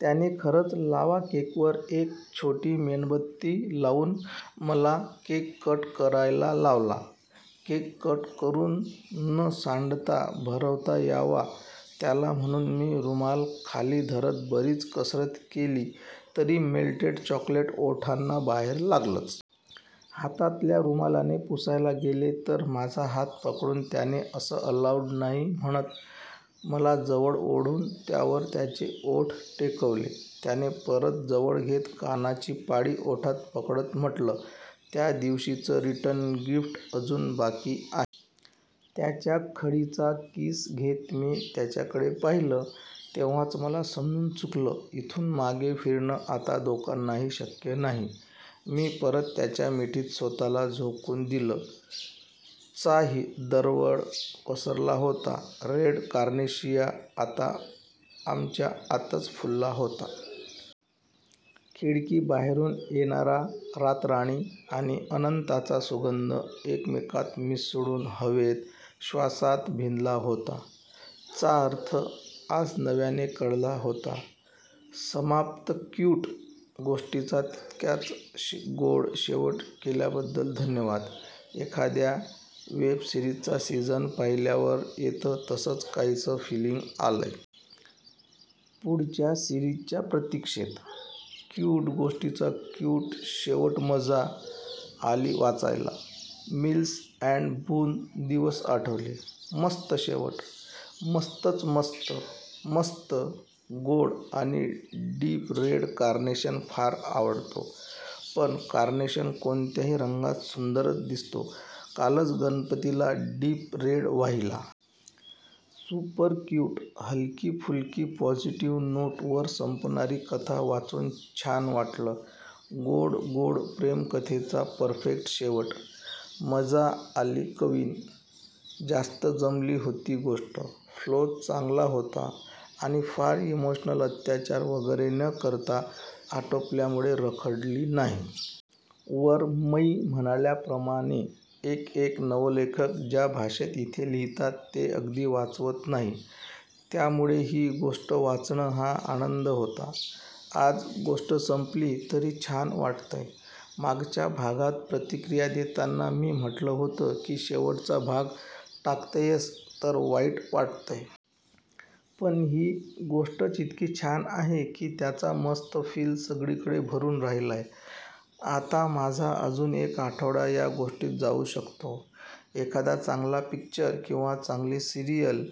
त्याने खरच लावा केकवर एक छोटी मेणबत्ती लावून मला केक कट करायला लावला. केक कट करुन न सांडता भरवता यावा त्याला म्हणून मी रुमाल खाली धरत बरीच कसरत केली तरी मेल्टेड चॉकलेट ओठांना बाहेर लागलच. हातातल्या रुमालाने पुसायला गेले तर माझा हात पकडून त्याने असं अलाऊड नाही म्हणत मला जवळ ओढून त्यावर त्याचे ओठ टेकवले. त्याने परत जवळ घेत कानाची पाळी ओठात पकडत म्हंटलं, "त्यादिवशीचं रिटर्न गिफ्ट अजून बाकी आहे. "त्याच्या खळीचा किस घेत मी त्याच्याकडे पाहीलं तेव्हाच मला समजून चुकलं इथून मागे फिरणं आता दोघांनाही शक्य नाही. मी परत त्याच्या मिठीत स्वत:ला झोकून दिलं. चा दरवळ हवेत पसरला होता. रेड कार्नेशिया आता आमच्या आतच फुलला होता. खिडकी बाहेरुन येणारा रातराणी आणि अनंताचा सुगंध एकमेकांत मिसळून हवेत, श्वासात भिनला होता. चा अर्थ आज नव्याने कळला होता. समाप्तक्यूट गोष्टीचा तितकाच गोड शेवट केल्याबद्दल धन्यवाद. एखाद्या वेब सिरीजचा सीझन पाहिल्यावर येतं तसंच काहीसं फिलींग आलंय.. पुढच्या सिरीजच्या प्रतिक्षेत! क्यूट गोष्टीचा क्यूट शेवटमजा आली वाचायला.. मिल्स अँड बुन दिवस आठवले. मस्त शेवट! मस्तच️मस्त मस्त, गोड आणि डीप रेड कार्नेशन फार आवडतो. पण कार्नेशन कोणत्याही रंगात सुंदरच दिसतो. कालच गणपतीला डीप रेड वाहीला. Super cute. हलकी फुलकी पॉझिटीव्ह नोट वर संपणारी कथा वाचून छान वाटलं. गोड गोड प्रेमकथेचा परफेक्ट शेवट. मजा आली कविन. मस्त जमली होती गोष्ट. फ्लो चांगला होता आणि फार इमोशनल अत्याचार वगैरे न करता आटोपल्यामुळे रखडली नाही. वर मै म्हणाल्याप्रमाणे एक एक नवलेखक ज्या भाषेत इथे लिहितात ते अगदी वाचवत नाही. त्यामुळे ही गोष्ट वाचणं हा आनंद होता. आज गोष्ट संपली तरी छान वाटतय. मागच्या भागात प्रतिक्रिया देताना मी म्हंटलं होतं कि शेवटचा भाग टाकतेयस तर वाईट वाटतय. पण हि गोष्ट च इतकी छान आहे कि त्याचा मस्त फिल सगळीकडे भरुन राहिलाय. आता माझा अजून एक आठवडा ह्या गोष्टी त जाउ शकतो. एखादा चांगला पिक्चर किंवा चांगली सिरीयल,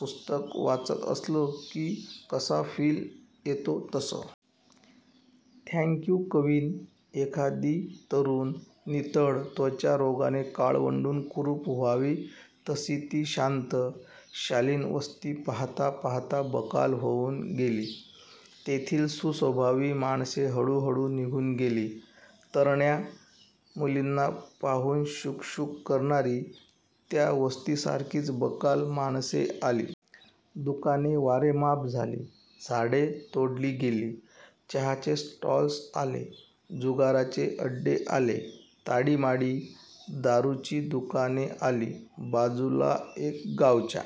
पुस्तक वाचत असलो कि कसा फिल येतो तसं. थँक्यू कविन एखादी तरुण, नितळ त्वचा रोगाने काळवंडून कुरुप व्हावी तशी ती शांत, शालीन वस्ती पाहता पाहता बकाल होऊन गेली. तेथिल सुस्वभावी माणसे हळुहळु निघून गेली. तरण्या मुलींना पाहून शूक शूक करणारी, त्या वस्तीसारखीच बकाल माणसे आली. दुकाने वारेमाप झाली. झाडे तोडली गेली. चहाचे स्टॉल्स आले, जुगाराचे अड्डे आले, ताडीमाडी, दारुची दुकाने आली. बाजूला एक गावच्या